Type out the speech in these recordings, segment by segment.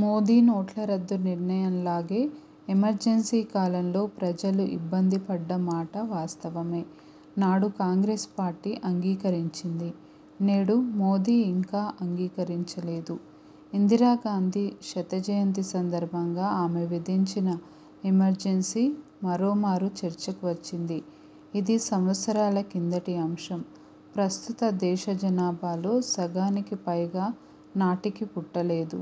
మోదీ నోట్లరద్దు నిర్ణయంలాగే, ఎమర్జెన్సీ కాలంలో ప్రజలు ఇబ్బందిపడ్డ మాట వాస్తవమే. నాడు కాంగ్రెస్ పార్టీ అంగీకరించింది, నేడు మోదీ ఇంకా అంగీకరించలేదు. ఇందిరాగాంధీ శతజయంతి సందర్భంగా ఆమె విధించిన 'ఎమర్జెన్సీ' మరోమారు చర్చకువచ్చింది. ఇది సంవత్సరాల కిందటి అంశం. ప్రస్తుత దేశ జనాభాలో సగానికిపైగా నాటికి పుట్టలేదు.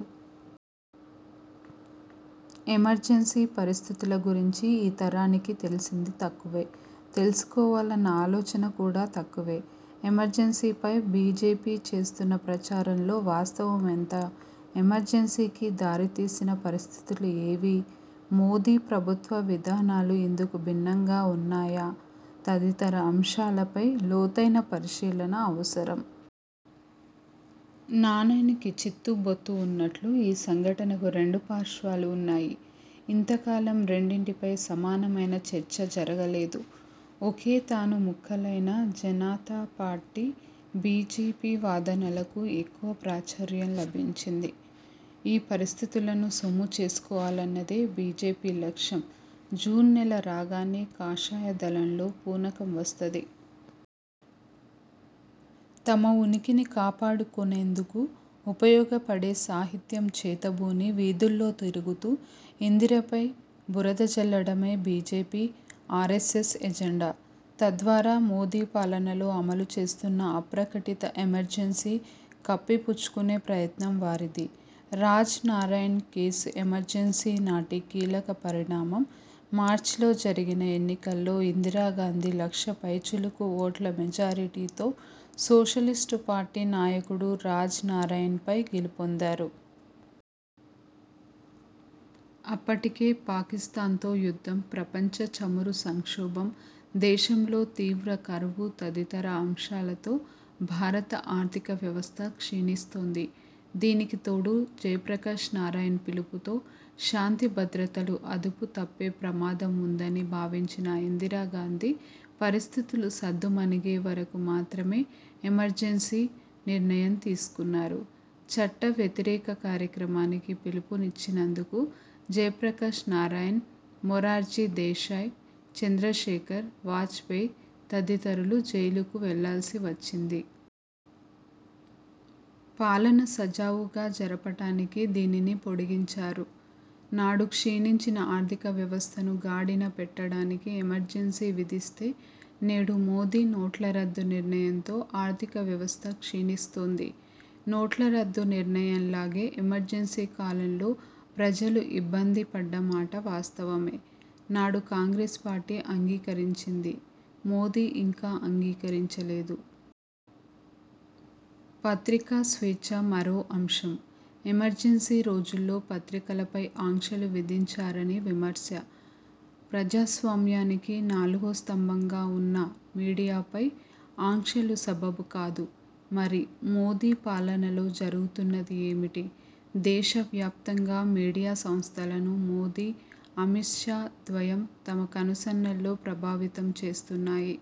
ఎమర్జెన్సీ పరిస్థితుల గురించి ఈ తరానికి తెలిసింది తక్కువే. తెలుసుకోవాలన్న ఆలోచన కూడా తక్కువే. ఎమర్జెన్సీపై బీజేపీ చేస్తున్న ప్రచారంలో వాస్తవం ఎంత? ఎమర్జెన్సీకి దారితీసిన పరిస్థితులు ఏవి? మోదీ ప్రభుత్వ విధానాలు ఇందుకు భిన్నంగా ఉన్నాయా? తదితర అంశాలపై లోతైన పరిశీలన అవ సరం. నాణేనికి చిత్తు-బొత్తు ఉన్నట్లు, ఈ సంఘటనకు రెండు పార్శ్వాలున్నాయి. ఇంతకాలం, రెండింటిపై సమానమైన చర్చ జరుగలేదు. ఒకే తానుముక్కలైన జనతా పార్టీ, బీజేపీ వాదనలకు ఎక్కువ ప్రాచుర్యం లభించింది. ఈ పరిస్థితులను సొమ్ము చేసుకోవాలన్నదే బీజేపీ లక్ష్యం. జూన్ నెల రాగానే కాషాయ దళంలో పూనకం వస్తది. తమ ఉనికిని కాపాడుకొనేందుకు ఉపయోగపడే సాహిత్యం చేతబూని వీధుల్లో తిరుగుతూ ఇందిరపై బురదజల్లటమే బీజేపీ, ఆరెస్సెస్ ఎజెండా. తద్వారా, మోదీ పాలనలో అమలుచేస్తున్న అప్రకటిత ఎమర్జెన్సీ కప్పిపుచ్చుకునే ప్రయత్నం వారిది. రాజ్ నారాయణ్ కేసు ఎమర్జెన్సీ నాటి కీలకపరిణామం. మార్చిలో జరిగిన ఎన్నికల్లో ఇందిరా గాంధి లక్ష పైచిలుకు ఓట్ల మెజారిటీతో సోషలిస్టు పార్టీ నాయకుడు రాజ్ నారాయణ్ పై గెలుపొందారు. అప్పటికే, పాకిస్థాన్తో యుద్ధం, 'ప్రపంచ చమురు సంక్షోభం', దేశంలో తీవ్ర కరువు తదితర అంశాలతో భారత ఆర్థిక వ్యవస్థ క్షీణిస్తోంది. దీనికితోడు, జయప్రకాష్ నారాయణ్ పిలుపుతో శాంతిభద్రతలు అదుపు తప్పే ప్రమాదం వుందని భావించిన ఇందిరాగాంధీ పరిస్థితులు సద్దుమణిగేవరకు మాత్రమే ఎమర్జెన్సీ నిర్ణయం తీసుకున్నారు. చట్టవ్యతిరేక కార్యక్రమానికి పిలుపునిచ్చినందుకు జయప్రకాష్ నారాయణ్, మొరార్జీ దేశాయ్, చంద్రశేఖర్, వాజపేయి తదితరులు జైలుకు వెళ్ళాల్సివచ్చింది. పాలన సజావుగా జరుపటానికి దీనిని పొడిగించారు. నాడు క్షీణించిన ఆర్థిక వ్యవస్థను గాడిన పెట్టటానికి ఎమర్జెన్సీ విధిస్తే, నేడు మోదీ నోట్లరద్దు నిర్ణయంతో ఆర్థిక వ్యవస్థ క్షీణిస్తోంది. నోట్లరద్దు నిర్ణయంలాగే, ఎమర్జెన్సీ కాలంలో ప్రజలు ఇబ్బంది పడ్డమాట వాస్తవమే. నాడు కాంగ్రెస్ పార్టీ అంగీకరించింది, మోదీ ఇంకా అంగీకరించలేదు. పత్రికా స్వేచ్ఛ మరో అంశం. ఎమర్జెన్సీ రోజుల్లో పత్రికలపై ఆంక్షలు విధించారని విమర్శ. ప్రజాస్వామ్యానికి నాలుగో స్తంభంగా ఉన్న మీడియాపై ఆంక్షలు సబబు కాదు. మరి, మోదీ పాలనలో జరుగుతున్నది ఏమిటి? దేశవ్యాప్తంగా మీడియా సంస్థలను మోదీ, అమిత్ షా ద్వయం తమ కనుసన్నల్లో ప్రభావితం చేస్తున్నాయి.